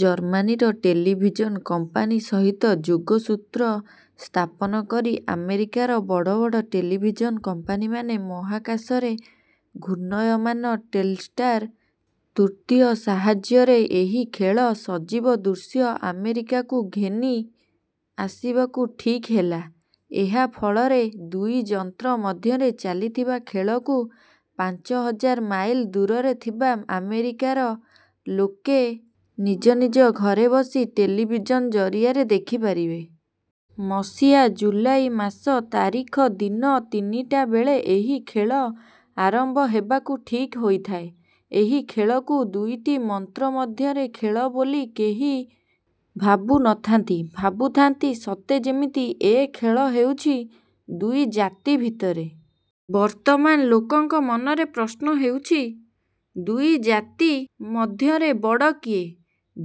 ଜର୍ମାନୀର television company ସହିତ ଯୋଗସୂତ୍ର ସ୍ଥାପନ କରି ଆମେରିକାର ବଡ଼ ବଡ଼ ଟେଲିଭିଜନ କମ୍ପାନୀମାନେ ମହାକାଶରେ ଘୂର୍ଣ୍ଣାୟମାନ ଟେଲଷ୍ଟାର-ତୃତୀୟ ସାହାଯ୍ୟରେ ଏହି ଖେଳର ସଜୀବ ଦୃଶ୍ୟ ଆମେରିକାକୁ ଘେନି ଆସିବା ଠିକ୍ ହେଲା। ଏହା ଫଳରେ ଦୁଇ ଯନ୍ତ୍ର ମଧ୍ୟରେ ଚାଲିଥିବା ଖେଳକୁ ପାଞ୍ଚ ହଜାର ମାଇଲ ଦୂରରେ ଥିବା ଆମେରିକାର ଲୋକେ ନିଜ ନିଜ ଘରେ ବସି ଟେଲିଭିଜନ ଜରିଆରେ ଦେଖିପାରିବେ। ମସିହା ଜୁଲାଇ ମାସ ତା ରିଖ ଦିନ ତିନିଟା ବେଳେ ଏହି ଖେଳ ଆରମ୍ଭ ହେବା ଠିକ୍ ହୋଇଥାଏ। ଏହି ଖେଳକୁ ଦୁଇଟି ଯନ୍ତ୍ର ମଧ୍ୟରେ ଖେଳ ବୋଲି କେହି ଭାବୁ ନ ଥାନ୍ତି, ଭାବୁଥାନ୍ତି ସତେ ଯେମିତି ଏ ଖେଳ ହେଉଛି ଦୁଇ ଜାତି ଭିତରେ। ବର୍ତ୍ତମାନ ଲୋକଙ୍କ ମନରେ ପ୍ରଶ୍ନ ହେଉଛି, ଦୁଇ ଜାତି ମଧ୍ୟରେ ବଡ଼ କିଏ,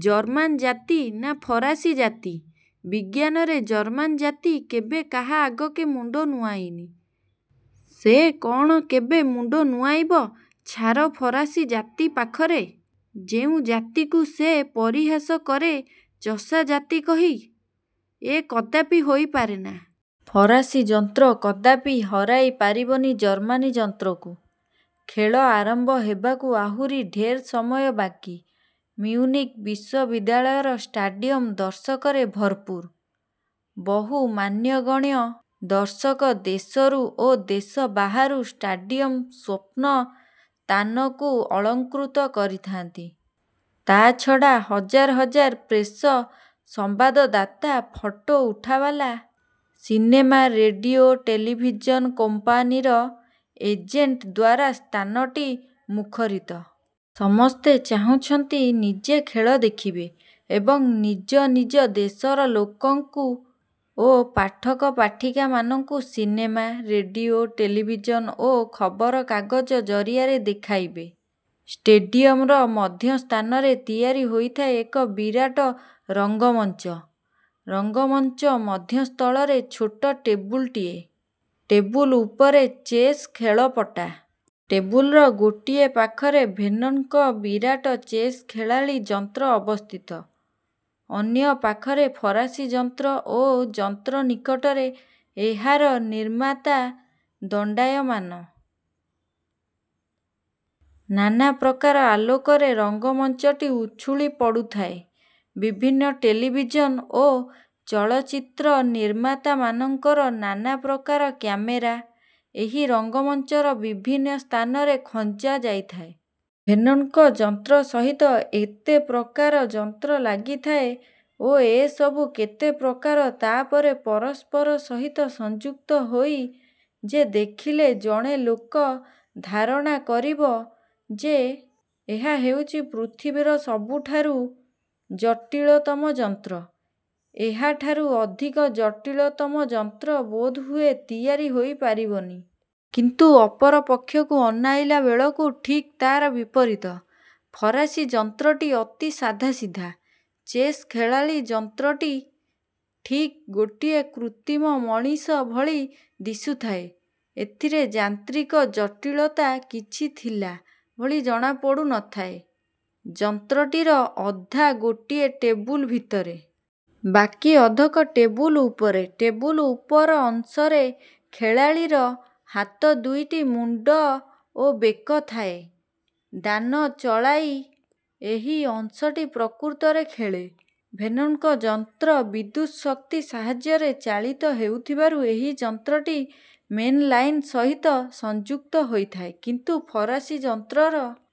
ଜର୍ମାନ ଜାତି ନା ଫରାସୀ ଜାତି? ବିଜ୍ଞାନରେ ଜର୍ମାନ ଜାତି କେବେ କାହା ଆଗକେ ମୁଣ୍ଡ ନୁଆଁଇନି। ସେ କ'ଣ କେବେ ମୁଣ୍ଡ ନୁଆଁଇବ ଛାର ଫରାସୀ ଜାତି ପାଖରେ? ଯେଉଁ ଜାତିକୁ ସେ ପରିହାସ କରେ 'ଚଷାଜାତି' କହି, ଏ କଦାପି ହୋଇ ପାରେନା। ଫରାସୀ ଯନ୍ତ୍ର କଦାପି ହରାଇ ପାରିବନି ଜର୍ମାନୀ ଯନ୍ତ୍ରକୁ। ଖେଳ ଆରମ୍ଭ ହେବାକୁ ଆହୁରି ଢେର ସମୟ ବାକି, ମିଉନିକ୍ ବିଶ୍ୱବିଦ୍ୟାଳୟର ଷ୍ଟାଡିୟମ ଦର୍ଶକରେ ଭରପୂର। ବହୁ ମାନ୍ୟଗଣ୍ୟ ଦର୍ଶକ ଦେଶରୁ ଓ ଦେଶ ବାହାରୁ ଷ୍ଟାଡିୟମର ସ୍ୱପ୍ନ ସ୍ଥାନକୁ ଅଳଙ୍କୃତ କରିଥାନ୍ତି। ତାଛଡ଼ା ହଜାର ହଜାର ପ୍ରେସ ସମ୍ବାଦଦାତା, ଫଟୋ ଉଠାବାଲା, ସିନେମା, ରେଡିଓ, ଟେଲିଭିଜନ କୋମ୍ପାନୀର ଏଜେଣ୍ଟ ଦ୍ୱାରା ସ୍ଥାନଟି ମୁଖରିତ। ସମସ୍ତେ ଚାହୁଁଛନ୍ତି ନିଜେ ଖେଳ ଦେଖିବେ ଏବଂ ନିଜ ନିଜ ଦେଶର ଲୋକଙ୍କୁ ଓ ପାଠକ ପାଠିକାମାନଙ୍କୁ ସିନେମା, ରେଡିଓ, ଟେଲିଭିଜନ ଓ ଖବର କାଗଜ ଜରିଆରେ ଦେଖାଇବେ। ଷ୍ଟେଡିୟମର ମଧ୍ୟସ୍ଥାନରେ ତିଆରି ହୋଇଥାଏ ଏକ ବିରାଟ ରଙ୍ଗମଞ୍ଚ। ରଙ୍ଗମଞ୍ଚ ମଧ୍ୟସ୍ଥଳରେ ଛୋଟ ଟେବୁଲଟିଏ। ଟେବୁଲ ଉପରେ ଚେସ୍ ଖେଳପଟା। ଟେବୁଲର ଗୋଟିଏ ପାଖରେ ଭେର୍ନନ୍ଙ୍କ ବିରାଟ ଚେସ୍ ଖେଳାଳୀ ଯନ୍ତ୍ର ଅବସ୍ଥିତ। ଅନ୍ୟ ପାଖରେ ଫରାସୀ ଯନ୍ତ୍ର ଓ ଯନ୍ତ୍ରନିକଟରେ ଏହାରନିର୍ମାତା ଦଣ୍ଡାୟମାନ। ନାନା ପ୍ରକାର ଆଲୋକରେ ରଙ୍ଗମଞ୍ଚଟି ଉଛୁଳି ପଡ଼ୁଥାଏ। ବିଭିନ୍ନ ଟେଲିଭିଜନ ଓ। ଚଳଚିତ୍ର ନିର୍ମାତାମାନଙ୍କର ନାନା ପ୍ରକାର କାମେରା ଏହି ରଙ୍ଗମଞ୍ଚର ବିଭିନ୍ନ ସ୍ଥାନରେ ଖଞ୍ଜା ଯାଇଥାଏ। ଭେର୍ନନ୍ଙ୍କ ଯନ୍ତ୍ର ସହିତ ଏତେ ପ୍ରକାର ଯନ୍ତ୍ର ଲାଗିଥାଏ ଓ ଏ ସବୁ କେତେ ପ୍ରକାର ତାପରେ ପରସ୍ପର ସହିତ ସଂଯୁକ୍ତ ହୋଇଥାଏ ଯେ ଦେଖିଲେ ଜଣେ ଲୋକ ଧାରଣା କରିବ ଯେ ଏହା ହେଉଛି ପୃଥିବୀର ସବୁଠାରୁ ଜଟିଳତମ ଯନ୍ତ୍ର। ଏହାଠାରୁ ଅଧିକ ଜଟିଳତମ ଯନ୍ତ୍ର ବୋଧହୁଏ ତିଆରି ହୋଇପାରିବନି। କିନ୍ତୁ ଅପର ପକ୍ଷକୁ ଅନାଇଲାବେଳକୁ ଠିକ୍ ତାର ବିପରୀତ। ଫରାସୀ ଯନ୍ତ୍ରଟି ଅତି ସାଧାସିଧା। ଚେସ୍ ଖେଳାଳୀ ଯନ୍ତ୍ରଟି ଠିକ୍ ଗୋଟିଏ କୃତ୍ରିମ ମଣିଷ ଭଳି ଦିଶୁଥାଏ। ଏଥିରେ ଯାନ୍ତ୍ରିକ ଜଟିଳତା କିଛି ଥିଲା ଭଳି ଜଣାପଡ଼ୁ ନ ଥାଏ। ଯନ୍ତ୍ରଟିର ଅଧା ଗୋଟିଏ ଟେବୁଲ ଭିତରେ। ବାକି ଅଧକ ଟେବୁଲ ଉପରେ। ଟେବୁଲ ଉପର ଅଂଶରେ ଖେଳାଳୀର ହାତ ଦୁଇଟି, ମୁଣ୍ଡ ଓ ବେକ ଥାଏ। ଦାନ ଚଳାଇ ଏହି ଅଂଶଟି ପ୍ରକୃତରେ ଖେଳେ। ଭେର୍ନନ୍ଙ୍କ ଯନ୍ତ୍ର ବିଦ୍ୟୁତଶକ୍ତି ସାହାଯ୍ୟରେ ଚାଳିତ ହେଉ ଥିବାରୁ ଏହି ଯନ୍ତ୍ରଟି ମେନ୍ ଲାଇନ୍ ସହିତ ସଂଯୁକ୍ତ ହୋଇଥାଏ। କିନ୍ତୁ ଫରାସୀ ଯନ୍ତ୍ରର